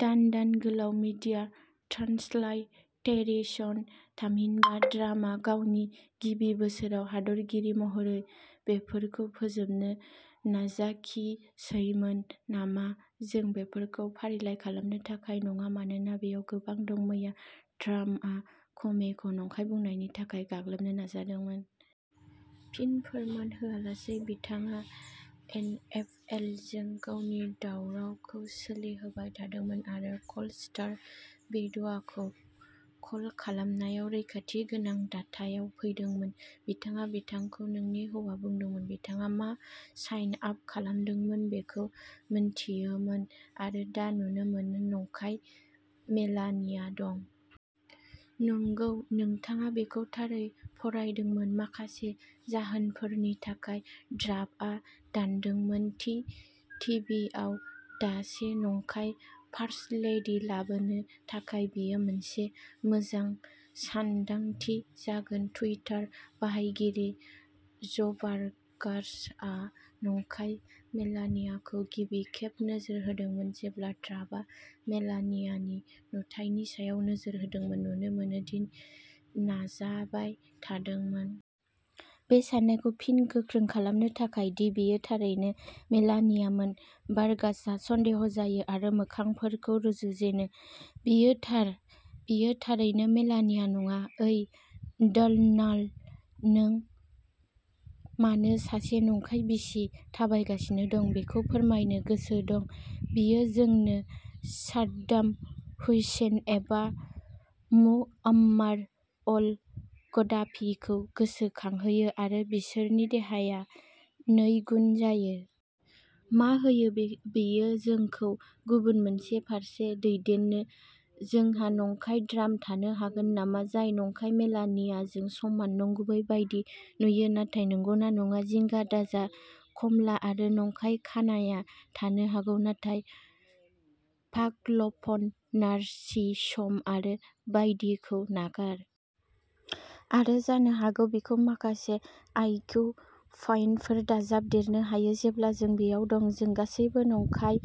दान-दान गोलाव मिडिया ट्रान्सलाइट टेरिसन। थामहिनबा, द्रामआ गावनि गिबि बोसोराव हादरगिरि महरै बेफोरखौ फोजोबनो नाजाखिसैमोन नामा। जों बेफोरखौ फारिलाइ खालामनो थाखाय नङा, मानोना बेयाव गोबां दं। मैया ट्राम्पआ कमेखौ नंखाय बुंनायनि थाखाय गाग्लोबनो नाजादोंमोन। फिन, फोरमान होआलासै। बिथाङा एनएफएलजों गावनि दावरावखौ सोलिहोबाय थादोंमोन आरो गल्ड स्टार बिधवाखौ कल खालामनायाव रैखाथि गोनां दाथायाव फैदोंमोन। बिथाङा बिथांखौ नोंनि हौवा बुंदोंमोन बिथाङा मा साइन आप खालामदोंमोन बेखौ मोनथियोमोन। आरो दा, नुनो मोनो, नंखाय मेलानिया दं। नंगौ, नोंथाङा बेखौ थारै फरायदोंमोन। माखासे जाहोनफोरनि थाखाय, द्रापआ दानदोंमोन दि टिभिआव दासे नंखाय फार्स्ट लेडि लाबोनो थाखाय बेयो मोनसे मोजां सानदांथि जागोन। टुइटार बाहायगिरि ज'भार्गासआ नंखाय मेलानियाखौ गिबि खेब नोजोर होदोंमोन जेब्ला द्रापआ मेलानियानि नुथायनि सायाव नोजोर होदोंमोन, नुनो मोनो दि नाजाबाय थादोंमोन। बे साननायखौ फिन गोख्रों खालामनो थाखाय दि बेयो थारैनो मेलानियामोन। भार्गासआ सन्देह' जायो आरो मोखांफोरखौ रुजुजेनो। बियो थार। बेयो थारैनो मेलानिया नङा। ओइ, डनाल्ड, नों मानो सासे नंखाय बिसि थाबायगासिनो दं बेखौ फोरमायनो गोसो दं, बेयो जोंनो साद्दाम हुसैन एबा मुअम्मार अल-गद्दाफीखौ गोसोखांहोयो आरो बिसोरनि देहाया नैगुन जायो। मा होयो, बेयो जोंखौ गुबुन मोनसे फारसे दैदेनो जोंहा नंखाय द्राम थानो हागोन नामा? जाय नंखाय मेलानियाजों समान, नंगुबै बायदि नुयो, नाथाय नंगौना नङा? जिंगा दाजा, कमला आरो नंखाय खानाया थानो हागौ, नाथाय पागलपन, नारसिसम आरो बायदिखौ नागार। आरो जानो हागौ बिखौ माखासे आइ किउ पइन्टफोर दाजाबदेरनो हायो, जेब्ला जों बेयाव दं। जों गासैबो नंखाय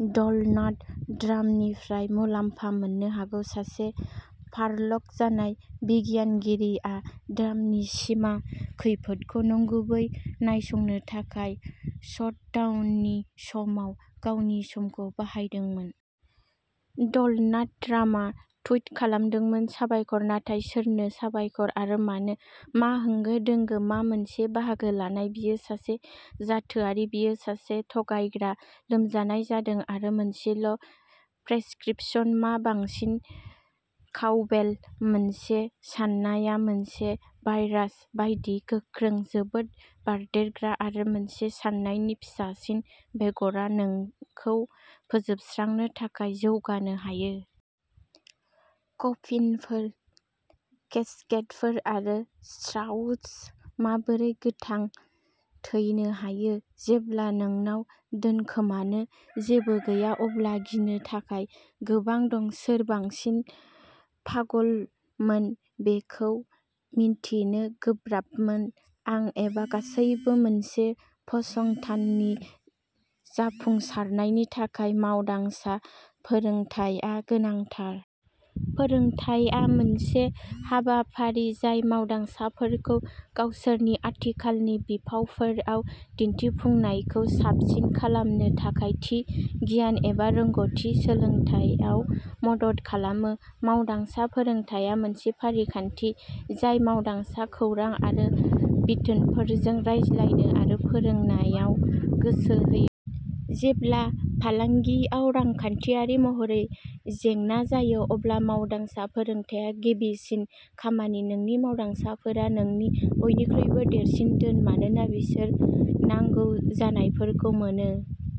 डलनाड द्रामनिफ्राय मुलाम्फा मोननो हागौ। सासे फार्ल'ग जानाय बिगियानगिरिया द्रामनि सिमा खैफोद खौ नंगुबै नायसंनो थाखाय शटडाउननि समाव गावनि समखौ बाहायदोंमोन। डलनाड द्रामआ टुइट खालामदोंमोन साबायखर। नाथाय सोरनो साबायखर? आरो मानो? मा होंगो दोंगो, मा मोनसे बाहागो लानाय बियो सासे जाथोआरि। बियो सासे थगायग्रा। लोमजानाय जादों आरो मोनसेल' प्रेसक्रिप्शन। मा बांसिन काउबेल मोनसे साननाया मोनसे भाइरास बायदि, गोख्रों, जोबोद बारदेरग्रा आरो मोनसे साननायनि फिसासिन बेगरआ नोंखौ फोजोबस्रांनो थाखाय जौगानो हायो। कफिनफोर, केस्केटफोर आरो श्राउडस माबोरै' गोथां थैनो हायो। जेब्ला नोंनाव दोनखोमानो जेबो गैया अब्ला गिनो थाखाय गोबां दं सोर बांसिन पागलमोन बेखौ मिन्थिनो गोब्राबमोन आं एबा गासैबो। मोनसे फसंथाननि जाफुंसारनायनि थाखाय मावदांसा फोरोंथाया गोनांथार। फोरोंथाया मोनसे हाबाफारि जाय मावदांसाफोरखौ गावसोरनि आथिखालनि बिफावफोराव दिन्थिफुंनायखौ साबसिन खालामनो थाखाय थि गियान एबा रोंग'थि सोलोंथायाव मदद खालामो। मावदांसा फोरोंथाया मोनसे फारिखान्थि जाय मावदांसा खौरां आरो बिथोनफोरजों रायज्लायनो आरो फोरोंनायाव गोसो होयो। जेब्ला फालांगियाव रांखान्थियारि महरै जेंना जायो, अब्ला मावदांसा फोरोंथाया गिबिसिन खामानि। नोंनि मावदांसाफोरा नोंनि बयनिख्रुइबो देरसिन धोन मानोना बिसोर नांगौ जानायफोरखौ मोनो।